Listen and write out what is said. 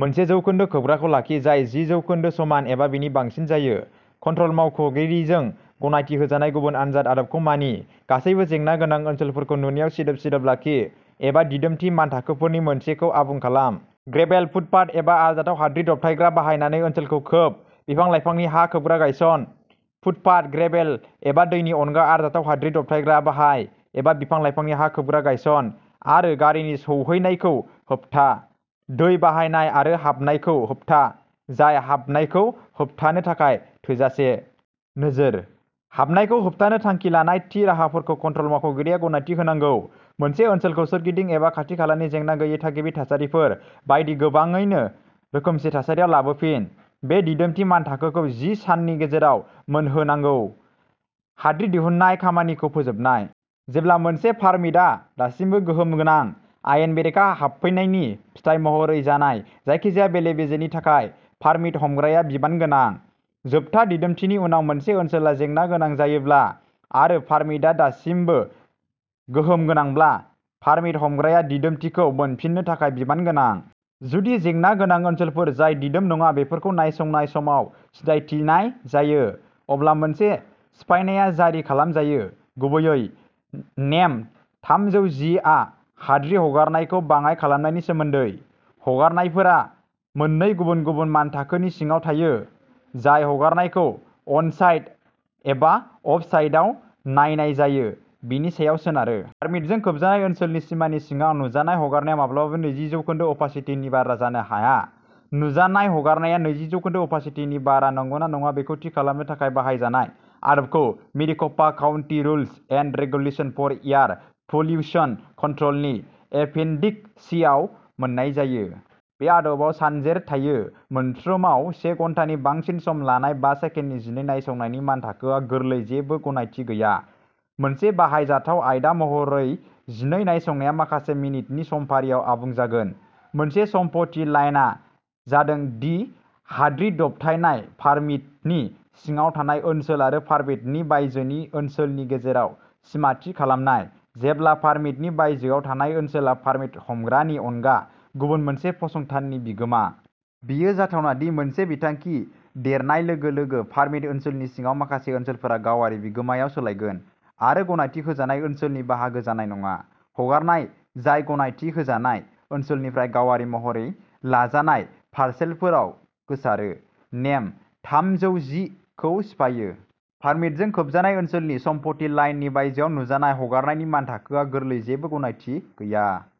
मोनसे जौखोन्दो खोबग्राखौ लाखि जाय जि जौखोन्दो समान एबा बेनि बांसिन जायो। कन्ट्रल मावख'गिरिजों गनायथि होजानाय गुबुन आनजाद आदबखौ मानि। गासैबो जेंना गोनां ओनसोलफोरखौ नुनायाव सिदोब-सिदोब लाखि एबा दिदोमथि मानथाखोफोरनि मोनसेखौ आबुं खालाम। ग्रेभेल, फुटपाथ, एबा आरजाथाव हाद्रि दबथायग्रा बाहायनानै ओनसोलखौ खोब। बिफां-लाइफांनि हा खोबग्रा गायसन। फुटपाथ, ग्रेभेल एबा दैनि अनगा आरजाथाव हाद्रि दबथायग्रा बाहाय एबा बिफां-लाइफांनि हा खोबग्रा गायस'न आरो गारिनि सौहैनायखौ होबथा। दै बाहाय आरो हाबनायखौ होबथा जाय हाबनायखौ होबथानो थाखाय थोजासे। नोजोरः हाबनायखौ होबथानो थांखि लानाय थि राहाफोरखौ कन्ट्रल मावख'गिरिया गनायथि होनांगौ। मोनसे ओनसोलखौ सोरगिदिं एबा खाथि-खालानि जेंना गैयै थागिबि थासारिफोर बायदि गोबाङैनो रोखोमसे थासारियाव लाबोफिन। बे दिदोमथि मानथाखोखौ जि साननि गेजेराव मोनहोनांगौ। हाद्रि दिहुन्नाय खामानिखौ फोजोबनाय। जेब्ला मोनसे पारमिटआ दासिमबो गोहोम गोनां, आयेन बेरेखा हाबफैनायनि फिथाय महरै जानाय जायखिजाया बेले-बेजेनि थाखाय पारमिट हमग्राया बिबान गोनां। जोबथा दिदोमथिनि उनाव मोनसे ओनसोला जेंना गोनां जायोब्ला आरो पारमिटआ दासिमबो गोहोम गोनांब्ला, पारमिट हमग्राया दिदोमथिखौ मोनफिननो थाखाय बिबान गोनां। जुदि जेंना गोनां ओनसोलफोर जाय दिदोम नङा बेफोरखौ नायसंनाय समाव सिनायथिनाय जायो, अब्ला मोनसे सिफायनाया जारि खालामजायो। गुबैयै, नेम थामजौ जि आ हाद्रि हगारनायखौ बाङाइ खालामनायनि सोमोन्दै। हगारनायफोरा मोननै गुबुन-गुबुन मानथाखोनि सिङाव थायो, जाय हगारनायखौ अनसाइट एबा अफ-साइटआव नायनाय जायो बेनि सायाव सोनारो। पारमिटजों खोबजानाय ओनसोलनि सिमानि सिङाव, नुजानाय हगारनाया माब्लाबाबो नैजि जौखोन्दो अपासिटिनि बारा जानो हाया। नुजानाय हगारनाया नैजि जौखोन्दो अपासिटिनि बारा नंगौना नङा बेखौ थि खालामनो थाखाय बाहायजानाय आदबखौ Maricopa county rules and regulations for air pollution कन्ट्र'लनि एपेनडिक सि आव मोन्नाय जायो। बे आदबाव सानजेर थायो। मोनफ्रोमाव से घन्टानि बांसिन सम लानाय बा सेकेन्डनि जिनै नायसंनायनि मानथाखोआ गोरलै जेबो गनायथि गैया। मोनसे बाहायजाथाव आयदा महरै जिनै नायसंनाया माखासे मिनिटनि समफारियाव आबुं जागोन। मोनसे सम्पथि लाइनआ जादों दि हाद्रि दबथायनाय पारमिटनि सिङाव थानाय ओनसोल आरो पारमिटनि बायजोनि ओनसोलनि गेजेराव सिमा थि खालामनाय, जेब्ला पारमिटनि बायजोआव थानाय ओनसोला पारमिट हमग्रानि अनगा गुबुन मोनसे फसंथाननि बिगोमा। बेयो जाथावना दि, मोनसे बिथांखि देरनाय लोगो-लोगो, पारमिट ओनसोलनि सिङाव माखासे ओनसोलफोरा गावारि बिगोमायाव सोलायगोन आरो गनायथि होजानाय ओनसोलनि बाहागो जानाय नङा। हगारनाय जाय गनायथि होजानाय ओनसोलनिफ्राय गावारि महरै लाजानाय पारसेलफोराव गोसारो, नेम थामजौ जि खौ सिफायो। पारमिटजों खोबजानाय ओनसोलनि सम्पथि लाइननि बायजोआव नुजानाय हगारनायनि मानथाखोआ गोरलै जेबो गनायथि गैया।